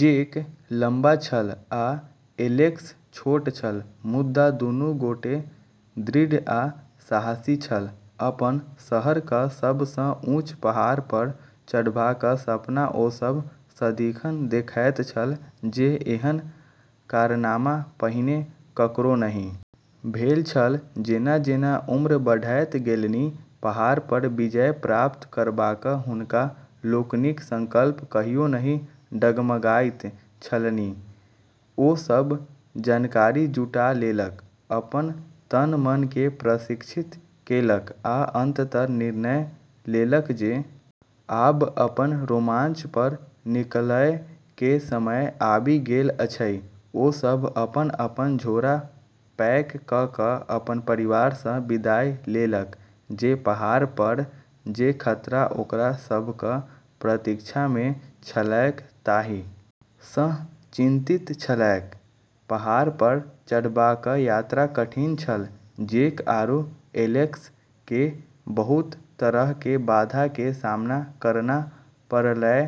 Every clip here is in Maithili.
जेक लंबा छल आ एलेक्स छोट छल, मुदा दुनू गोटे दृढ़ आ साहसी छल, अपन शहरक सबसँ ऊँच पहाड़ पर चढ़बाक सपना ओ सभ सदिखन देखैत छल जे एहन कारनामा पहिने ककरो नहि भेल छल जेना-जेना उम्र बढ़ैत गेलनि, पहाड़ पर विजय प्राप्त करबाक हुनका लोकनिक संकल्प कहियो नहि डगमगाइत छलनि ओ सब जानकारी जुटा लेलक, अपन तन-मन के प्रशिक्षित केलक आ अंतत निर्णय लेलक जे आब अपन रोमांच पर निकलय के समय आबि गेल अछि ओ सभ अपन-अपन झोरा पैक क क अपन परिवार सँ विदाई लेलक जे पहाड़ पर जे खतरा ओकरा सभक प्रतीक्षा मे छलैक ताहि सँ चिंतित छलैक, पहाड़ पर चढ़बाक यात्रा कठिन छल, जेक आरू एलेक्स के बहुत तरह के बाधा के सामना करना पड़लै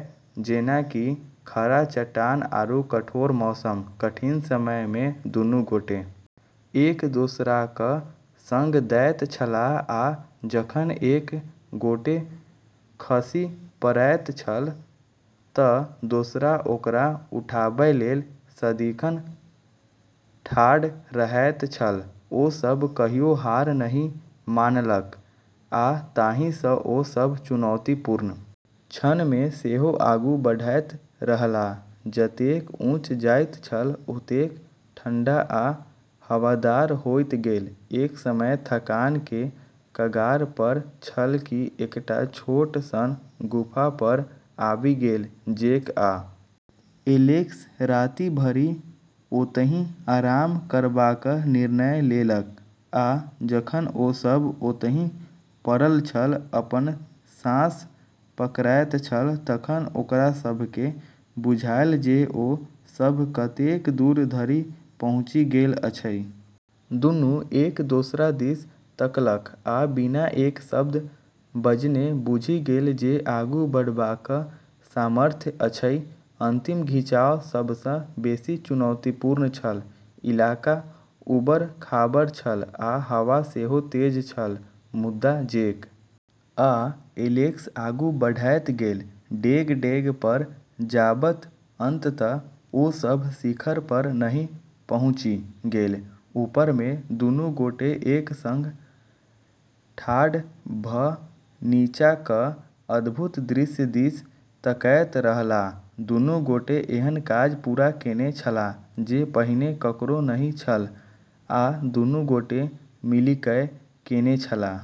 जेना कि खड़ा चट्टान आरू कठोर मौसम, कठिन समय मे दुनू गोटे एक दोसराक संग दैत छलाह आ जखन एक गोटे खसि पड़ैत छल त दोसर ओकरा उठाबय लेल सदिखन ठाढ़ रहैत छल ओ सभ कहियो हार नहि मानलक आ ताहि सँ ओ सभ चुनौतीपूर्ण क्षण मे सेहो आगू बढ़ैत रहलाह, जतेक ऊँच जाइत छल ओतेक ठंढा आ हवादार होइत गेल, एक समय थकान के कगार पर छल कि एकटा छोट सन गुफा पर आबि गेल जेक आ एलेक्स राति भरि ओतहि आराम करबाक निर्णय लेलक आ जखन ओ सभ ओतहि पड़ल छल, अपन साँस पकड़ैत छल तखन ओकरा सभ केँ बुझायल जे ओ सभ कतेक दूर धरि पहुँचि गेल अछि, दुनू एक दोसरा दिस तकलक आ बिना एक शब्द बजने बुझि गेल जे आगू बढ़बाक सामर्थ्य अछि, अंतिम खिंचाव सबस बेसी चुनौतीपूर्ण छल, इलाका उबड़-खाबड़ छल आ हवा सेहो तेज छल मुदा जेक आ एलेक्स आगू बढ़ैत गेल, डेग-डेग पर जाबत अंततः ओ सभ शिखर पर नहि पहुँचि गेल ऊपर मे दुनू गोटे एक संग ठाढ़ भ नीचाँक अद्भुत दृश्य दिस तकैत रहलाह, दुनू गोटे एहन काज पूरा केने छलाह जे पहिने ककरो नहि छल आ दुनू गोटे मिलिकय केने छलाह।